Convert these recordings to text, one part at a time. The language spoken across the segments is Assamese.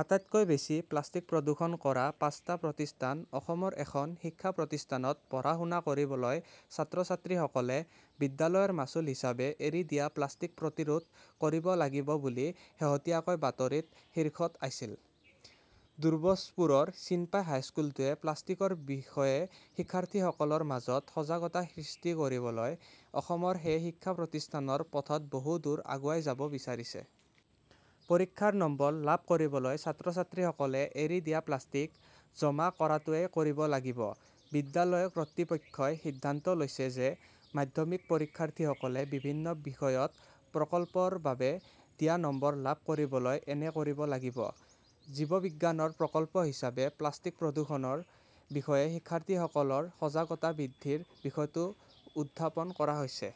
আটাইতকৈ বেছি প্লাষ্টিক প্ৰদূষণ কৰা পাঁচটা প্ৰতিষ্ঠান অসমৰ এখন শিক্ষা প্ৰতিষ্ঠানত পঢ়া-শুনা কৰিবলৈ ছাত্ৰ-ছাত্ৰীসকলে বিদ্যালয়ৰ মাচুল হিচাপে এৰি দিয়া প্লাষ্টিক পৰিশোধ কৰিব লাগিব বুলি শেহতীয়াকৈ বাতৰিৰ শীৰ্ষত আছিল। দুব্ৰজপুৰৰ চিনপাই হাইস্কুলটোৱে প্লাষ্টিকৰ বিষয়ে শিক্ষাৰ্থীসকলৰ মাজত সজাগতা সৃষ্টি কৰিবলৈ অসমৰ সেই শিক্ষা প্ৰতিষ্ঠানৰ পথত বহু দূৰ আগুৱাই যাব বিচাৰিছে। পৰীক্ষাত নম্বৰ লাভ কৰিবলৈ ছাত্ৰ-ছাত্ৰীসকলে এৰি দিয়া প্লাষ্টিক জমা কৰাটোৱেই কৰিব লাগিব। বিদ্যালয় কৰ্তৃপক্ষই সিদ্ধান্ত লৈছে যে মাধ্যমিক পৰীক্ষাৰ্থীসকলে বিভিন্ন বিষয়ত 'প্ৰকল্প "ৰ বাবে দিয়া নম্বৰ লাভ কৰিবলৈ এনে কৰিব লাগিব। জীৱবিজ্ঞানৰ 'প্ৰকল্প "হিচাপে প্লাষ্টিক প্ৰদূষণৰ বিষয়ে শিক্ষাৰ্থীসকলৰ সজাগতা বৃদ্ধিৰ বিষয়টো উত্থাপন কৰা হৈছে।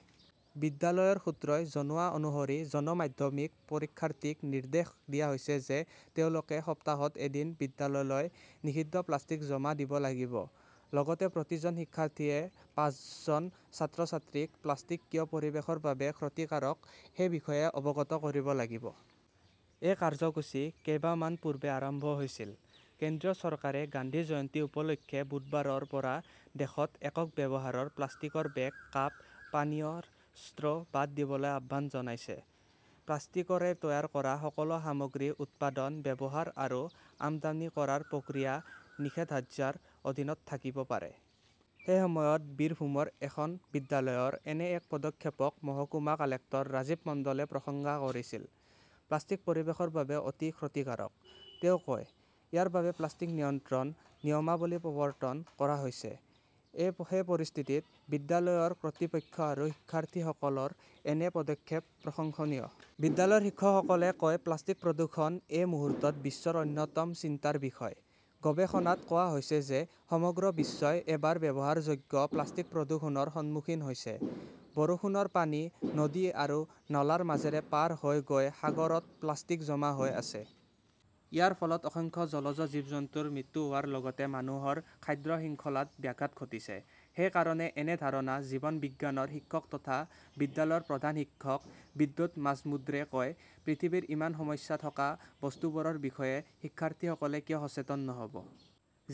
বিদ্যালয়ৰ সূত্ৰই জনোৱা অনুসৰি জন মাধ্যমিক পৰীক্ষাৰ্থীক নিৰ্দেশ দিয়া হৈছে যে তেওঁলোকে সপ্তাহত এদিন বিদ্যালয়লৈ নিষিদ্ধ প্লাষ্টিক জমা দিব লাগিব। লগতে প্ৰতিজন শিক্ষাৰ্থীয়ে পাঁচজন ছাত্ৰ-ছাত্ৰীক প্লাষ্টিক কিয় পৰিৱেশৰ বাবে ক্ষতিকাৰক সেই বিষয়ে অৱগত কৰিব লাগিব। এই কাৰ্যসূচী কেইমাহমান পূৰ্বে আৰম্ভ হৈছিল। কেন্দ্ৰীয় চৰকাৰে গান্ধী জয়ন্তী উপলক্ষে বুধবাৰৰ পৰা দেশত 'একক ব্যৱহাৰৰ "প্লাষ্টিকৰ বেগ, কাপ, পানীয়ৰ ষ্ট্ৰ" বাদ দিবলৈ আহ্বান জনাইছে। প্লাষ্টিকৰে তৈয়াৰ কৰা সকলো সামগ্ৰী উৎপাদন, ব্যৱহাৰ আৰু আমদানি কৰাৰ প্ৰক্ৰিয়া নিষেধাজ্ঞাৰ অধীনত থাকিব পাৰে। সেই সময়ত বীৰভূমৰ এখন বিদ্যালয়ৰ এনে এক পদক্ষেপক মহকুমা কালেক্টৰ ৰাজীৱ মণ্ডলে প্ৰশংসা কৰিছিল। "প্লাষ্টিক পৰিৱেশৰ বাবে অতি ক্ষতিকাৰক", তেওঁ কয়। ইয়াৰ বাবে প্লাষ্টিক নিয়ন্ত্ৰণ নিয়মাৱলী প্ৰৱৰ্তন কৰা হৈছে। সেই পৰিস্থিতিত বিদ্যালয়ৰ কৰ্তৃপক্ষ আৰু শিক্ষাৰ্থীসকলৰ এনে পদক্ষেপ প্ৰশংসনীয়। "বিদ্যালয়ৰ শিক্ষকসকলে কয়-'প্লাষ্টিক-প্ৰদূষণ এই মুহূৰ্তত বিশ্বৰ অন্যতম চিন্তাৰ বিষয়। গৱেষণাত কোৱা হৈছে যে সমগ্ৰ বিশ্বই এবাৰ ব্যৱহাৰযোগ্য প্লাষ্টিক প্ৰদূষণৰ সন্মুখীন হৈছে। বৰষুণৰ পানী নদী আৰু নলাৰ মাজেৰে পাৰ হৈ গৈ সাগৰত প্লাষ্টিক জমা হৈ আছে। ইয়াৰ ফলত অসংখ্য জলজ জীৱ-জন্তুৰ মৃত্যু হোৱাৰ লগতে মানুহৰ খাদ্য শৃংখলাত ব্যাঘাত ঘটিছে। সেইকাৰণেই এনে ধাৰণা। জীৱন বিজ্ঞানৰ শিক্ষক তথা বিদ্যালয়ৰ প্ৰধান শিক্ষক বিদ্যুৎ মাজমুদ্ৰে কয়, "পৃথিৱীত ইমান সমস্যা থকা বস্তুবোৰৰ বিষয়ে শিক্ষাৰ্থীসকলে কিয় সচেতন নহ 'ব!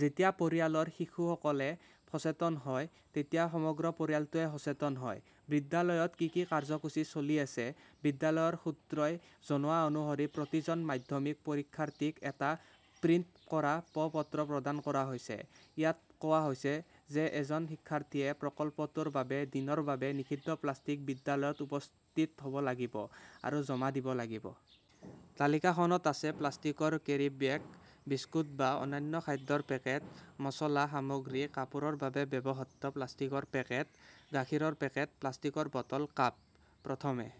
যেতিয়া পৰিয়ালৰ শিশুসকলে সচেতন হয় তেতিয়া সমগ্ৰ পৰিয়ালটোৱে সচেতন হয়। "বিদ্যালয়ত কি কি কাৰ্যসূচী চলি আছে? বিদ্যালয়ৰ সূত্ৰই জনোৱা অনুসৰি প্ৰতিজন মাধ্যমিক পৰীক্ষাৰ্থীক এটা প্ৰিণ্ট কৰা প্ৰ-পত্ৰ প্ৰদান কৰা হৈছে। ইয়াত কোৱা হৈছে যে এজন শিক্ষাৰ্থীয়ে প্ৰকল্পটোৰ বাবে দিনৰ বাবে নিষিদ্ধ প্লাষ্টিক বিদ্যালয়ত উপস্থিত হ 'ব লাগিব আৰু জমা দিব লাগিব। তালিকাখনত আছে প্লাষ্টিকৰ কেৰিব্যাগ, বিস্কুট বা অন্যান্য খাদ্যৰ পেকেট, মচলা সামগ্ৰী, কাপোৰৰ বাবে ব্যৱহৃত প্লাষ্টিকৰ পেকেট, গাখীৰৰ পেকেট, প্লাষ্টিকৰ বটল, কাপ। প্ৰথমে